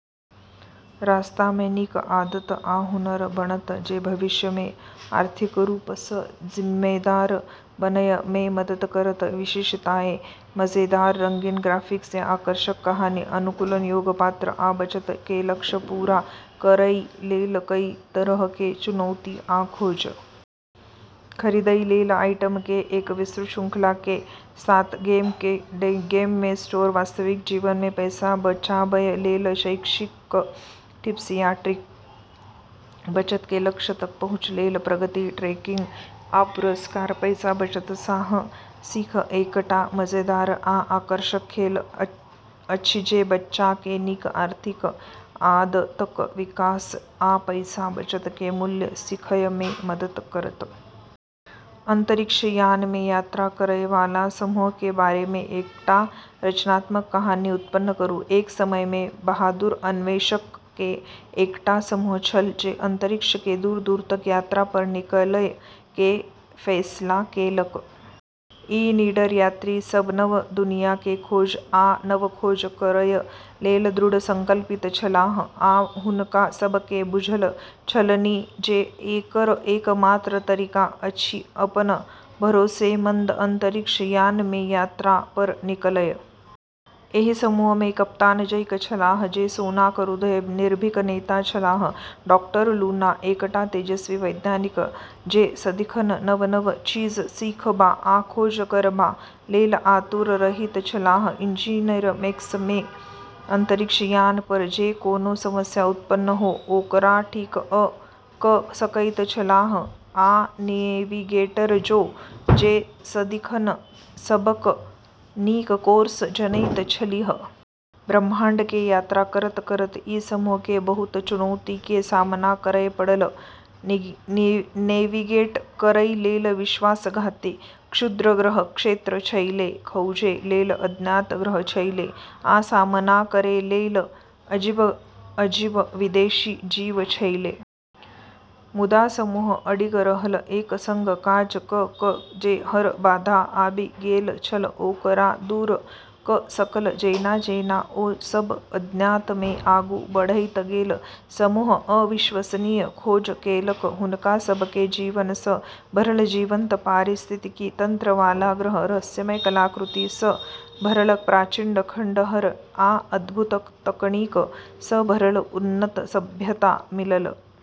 रास्ता मे नीक आदत आ हुनर बनत जे भविष्य मे आर्थिक रूप सँ जिम्मेदार बनय मे मदद करत। विशेषताएं: मजेदार, रंगीन ग्राफिक्स आ आकर्षक कहानी। अनुकूलन योग्य पात्र आ बचत के लक्ष्य पूरा करै लेल कई तरह के चुनौती आ खोज। खरीदै लेल आइटम के एक विस्तृत श्रृंखला के साथ गेम मे स्टोर। वास्तविक जीवन मे पैसा बचाबय लेल शैक्षिक टिप्स आ ट्रिक। बचत के लक्ष्य तक पहुँच लेल प्रगति ट्रैकिंग आ पुरस्कार। पैसा-बचत साहसिक एकटा मजेदार आ आकर्षक खेल अछि जे बच्चा के नीक आर्थिक आदतक विकास आ पैसा बचत के मूल्य सीखय मे मदद करत। अंतरिक्ष यान मे यात्रा करय वाला समूह के बारे मे एकटा रचनात्मक कहानी उत्पन्न करू। एक समय मे बहादुर अन्वेषक के एकटा समूह छल जे अंतरिक्ष के दूर-दूर तक यात्रा पर निकलय के फैसला केलक। ई निडर यात्री सब नव दुनिया के खोज आ नव खोज करय लेल दृढ़ संकल्पित छलाह, आ हुनका सब के बुझल छलनि जे एकर एकमात्र तरीका अछि अपन भरोसेमंद अंतरिक्ष यान मे यात्रा पर निकलय। एहि समूह मे कैप्टन जैक छलाह, जे सोनाक हृदयक निर्भीक नेता छलाह; डाक्टर लूना, एकटा तेजस्वी वैज्ञानिक जे सदिखन नव-नव चीज सीखबा आ खोज करबा लेल आतुर रहैत छलाह; इंजीनियर मैक्स, जे अंतरिक्ष यान पर जे कोनो समस्या उत्पन्न हो, ओकरा ठीक क' सकैत छलाह; आ नेविगेटर ज़ो, जे सदिखन सबसँ नीक कोर्स जनैत छलीह। ब्रह्माण्ड के यात्रा करत-करत ई समूह के बहुत चुनौती के सामना करय पड़ल। नेविगेट करै लेल विश्वासघाती क्षुद्रग्रह क्षेत्र छेलै, खोजै लेल अज्ञात ग्रह छेलै, आ सामना करै लेल अजीब-अजीब विदेशी जीव छेलै। मुदा समूह अडिग रहल, एक संग काज क' क' जे हर बाधा आबि गेल छल, ओकरा दूर क' सकल। जेना-जेना ओ सब अज्ञात मे आगू बढ़ैत गेल, समूह अविश्वसनीय खोज केलक। हुनका सब के जीवन सँ भरल जीवंत पारिस्थितिकी तंत्र वाला ग्रह, रहस्यमय कलाकृति सँ भरल प्राचीन खंडहर आ अद्भुत तकनीक सँ भरल उन्नत सभ्यता मिलल।